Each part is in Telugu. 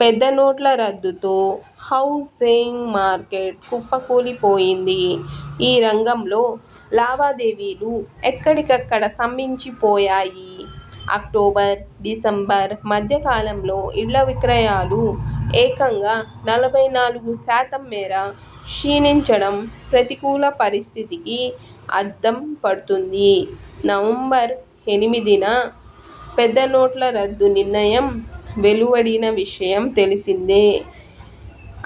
పెద్ద నోట్ల రద్దుతో హౌజింగ్ మార్కెట్ కుప్ప కూలిపోయింది. ఈ రంగంలో లావా దేవీలు ఎక్కడి కక్కడ స్తంభించిపోయాయి. అక్టోబర్, డిసెంబర్ మధ్య కాలంలో ఇళ్ల విక్రయాలు ఏకంగా నలభై నాలుగు శాతం మేర క్షీణించడం ప్రతికూల పరిస్థితికి అద్దం పడుతుంది. నవంబర్ ఎనిమిదిన పెద్ద నోట్ల రద్దు నిర్ణయం వెలు వడిన విషయం తెలిసిందే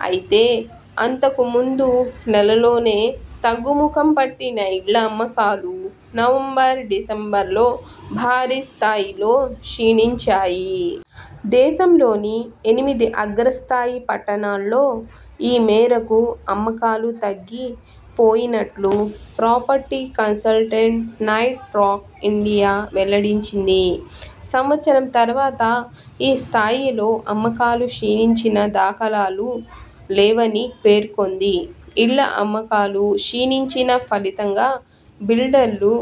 అయితే అంతకు ముందు నెలలోనే తగ్గు ముఖం పట్టిన ఇళ్ల అమ్మకాలు నవంబర్, డిసెంబర్లో భారీ స్థాయిలో క్షీణించాయి. దేశంలోని ఎనిమిది అగ్రస్థాయి పట్టణాల్లో ఈ మేరకు అమ్మకాలు తగ్గి పోయినట్లు property consultant Knight Frank India వెల్లడించింది. సంవత్సరం తర్వాత ఈ స్థాయిలో అమ్మకాలు క్షీణించిన దాఖలాలు లేవని పేర్కొంది. ఇళ్ల అమ్మకాలు క్షీణించిన ఫలితంగా బిల్డర్లు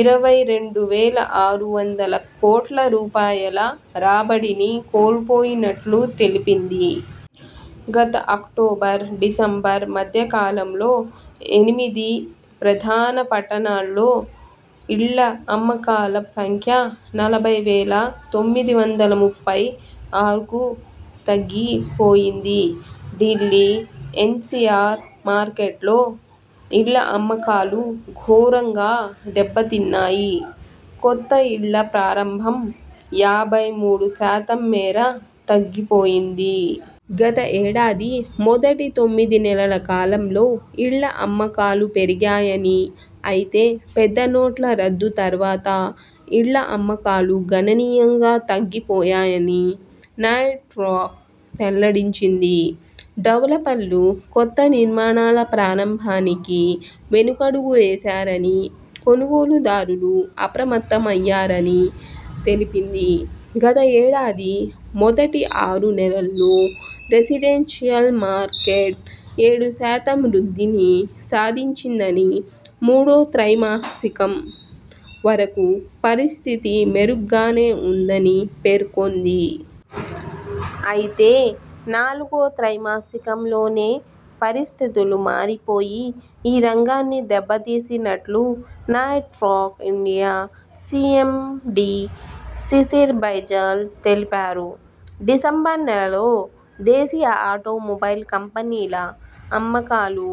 ఇరవై రెండు వేల ఆరు వందల కోట్ల రూ పాయల రాబడిని కోల్పోయినట్లు తెలిపింది. గత అక్టోబర్ డిసెంబర్ మధ్య కాలంలో ఎనిమిది ప్రధాన పట్టణాల్లో ఇళ్ల అమ్మకాల సంఖ్య నలభై వేల తొమ్మిది వందల ముప్పై ఆరుకు తగ్గి పోయింది ఢిల్లీ, ఎన్సిఆర్ మార్కెట్లో ఇళ్ల అమ్మకాలు ఘోరంగా దెబ్బతిన్నాయి. కొత్త ఇళ్ల ప్రారంభం యాభై మూడు శాతం మేర తగ్గిపోయింది. గత ఏడాది మొదటి తొమ్మిది నెలల కాలంలో ఇళ్ల అమ్మకాలు పెరిగాయని, అయితే పెద్ద నోట్ల రద్దు తర్వాత ఇళ్ల అమ్మకాలు గణనీయంగా తగ్గి పోయాయని నైట్ఫ్రాంక్ వెల్లడించింది. డెవలపర్లు కొత్త నిర్మాణాల ప్రారంభానికి వెనకడుగు వేశారని, కొనుగోలు దారులు అప్రమత్తమయ్యారని తెలిపింది. గత ఏడాది మొదటి ఆరు నెలల్లో రెసిడెన్షియల్ మార్కెట్ ఏడు శాతం వృద్ధిని సాధించిందని, మూడో త్రై మాసికం వరకు పరిస్థితి మెరుగ్గానే ఉందని పేర్కొంది. అయితే నాలుగో త్రై మాసికంలోనే పరిస్థితులు మారిపోయి ఈ రంగాన్ని దెబ్బ తీసినట్లు Knight Frank India CMD Shishir Baijal తెలిపారు. డిసెంబర్ నెలలో దేశీయ ఆటో మొబైల్ కంపెనీల అమ్మకాలు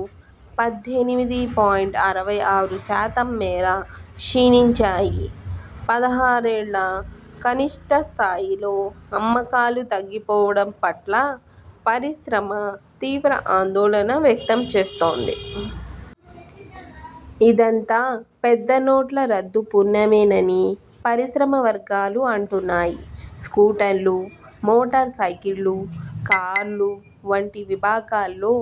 పద్దెనిమిది పాయింట్ అరవై ఆరు శాతం మేర క్షీణించాయి. పదహారేళ్ల కనిష్ఠ స్థాయిలో అమ్మకాలు తగ్గిపోవడం పట్ల పరిశ్రమ తీవ్ర ఆందోళన వ్యక్తం చేస్తోంది. ఇదంతా పెద్ద నోట్ల రద్దు పుణ్యమేనని పరిశ్రమ వర్గాలు అంటున్నాయి. స్కూ టర్లు, మోటార్ సైకిళ్లు, కార్లు వంటి విభాగాల్లో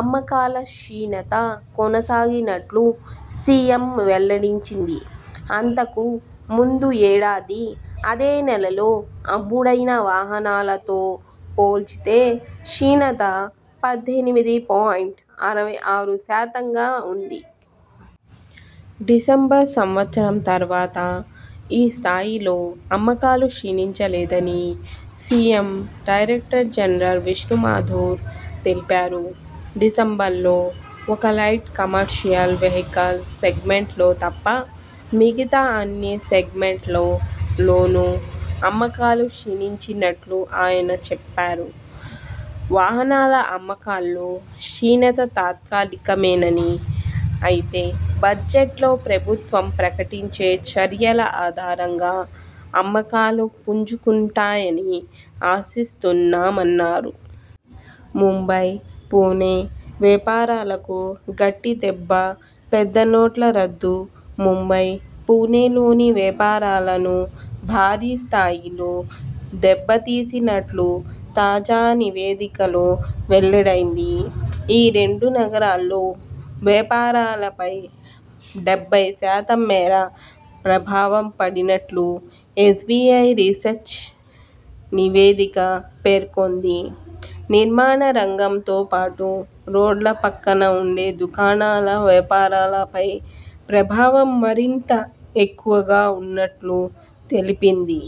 అమ్మకాల క్షీణత కొనసాగినట్లు సియామ్ వెల్లడించింది. అంతకు ముందు ఏడాది అదే నెలలో అమ్ముడైన వాహనాలతో పోల్చితే క్షీణత పద్దెనిమిది పాయింట్ అరవై ఆరు శాతంగా ఉంది. డిసెంబర్ సంవత్సరం తర్వాత ఈ స్థాయిలో అమ్మకాలు క్షీణించ లేదని SIAM director general Vishnu Mathur తెలిపారు. డిసెంబర్లో ఒక్క లైట్ కమర్షియల్ వెహికిల్స్ సెగ్మెంట్లో తప్ప మిగతా అన్ని సెగ్మెంట్లో లోనూ అమ్మకాలు క్షీణించినట్టు ఆయన చెప్పారు. వాహనాల అమ్మకాల్లో క్షీణత తాత్కాలిక మేనని, అయితే బడ్జెట్లో ప్రభుత్వం ప్రకటించే చర్యల ఆధారంగా అమ్మకాలు పుంజుకుంటాయని ఆశిస్తున్నామన్నారు. ముంబై, పుణె వ్యాపారాలకు గట్టి దెబ్బపెద్ద నోట్ల రద్దు ముంబై, పుణెలోని వ్యాపారాలను భారీ స్థాయిలో దెబ్బ తీసినట్లు తాజా నివేదికలో వెల్లడైంది. ఈ రెండు నగరాల్లో వ్యాపారాలపై డెబ్బై శాతం మేర ప్రభావం పడినట్లు ఎస్బిఐ రీసెర్చ్ నివేదిక పేర్కొంది. నిర్మాణ రంగంతో పాటు రోడ్ల పక్కన ఉండే దుకాణాల వ్యాపారాలపై ప్రభావం మరింత ఎక్కువగా ఉన్నట్లు తెలిపింది.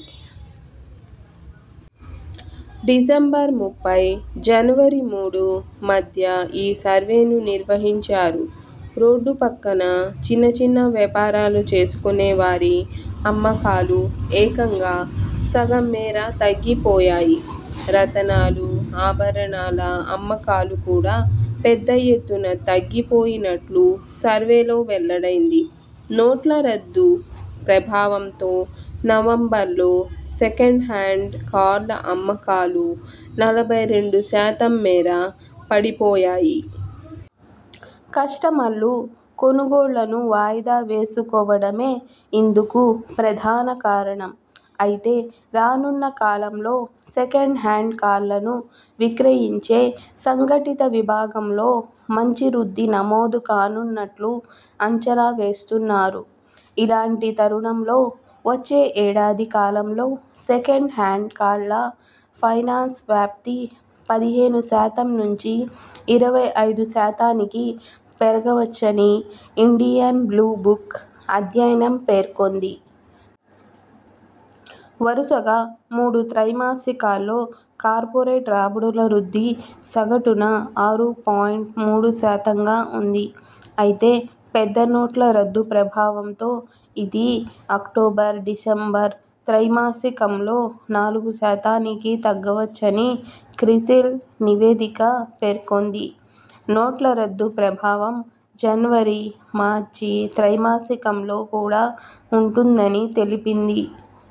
డిసెంబర్ ముప్పై, జనవరి మూడు మధ్య ఈ సర్వేను నిర్వహించారు. రోడ్డు పక్కన చిన్న చిన్న వ్యాపారాలు చేసుకునే వారి అమ్మకాలు ఏకంగా సగం మేర తగ్గి పోయాయి. రతనాలు, ఆభరణాల అమ్మకాలు కూడా పెద్ద ఎత్తున తగ్గి పోయినట్లు సర్వేలో వెల్లడైంది. నోట్ల రద్దు ప్రభావంతో నవంబర్లో సెకండ్ హ్యాండ్ కార్ల అమ్మకాలు నలభై రెండు శాతం మేర పడి పోయాయి. కస్టమర్లు కొనుగోళ్లను వాయిదా వేసుకోవడమే ఇందుకు ప్రధాన కారణం. అయితే రానున్న కాలంలో సెకండ్ హ్యాండ్ కార్లను విక్రయించే సంఘటిత విభాగంలో మంచి వృద్ధి నమోదు కానున్నట్లు అంచనా వేస్తున్నారు. ఇలాంటి తరుణంలో వచ్చే ఏడాది కాలంలో సెకండ్ హ్యాండ్ కార్ల ఫైనాన్స్ వ్యాప్తి పదిహేను శాతం నుంచి ఇరవై ఐదు శాతానికి పెరగవచ్చని ఇండియన్ బ్లూ బుక్ అధ్యయనం పేర్కొంది. వరుసగా మూడు త్రై మాసికాల్లో కార్పొరేట్ రాబడుల వృద్ధి సగటున ఆరు పాయింట్ మూడు శాతంగా ఉంది. అయితే పెద్ద నోట్ల రద్దు ప్రభావంతో ఇది అక్టోబర్, డిసెంబర్ త్రై మాసికంలో నాలుగు శాతానికి తగ్గవచ్చని క్రిసిల్ నివేదిక పేర్కొంది. నోట్ల రద్దు ప్రభావం జనవరి, మార్చి త్రైమాసికంలో కూడా ఉంటుందని తెలిపింది.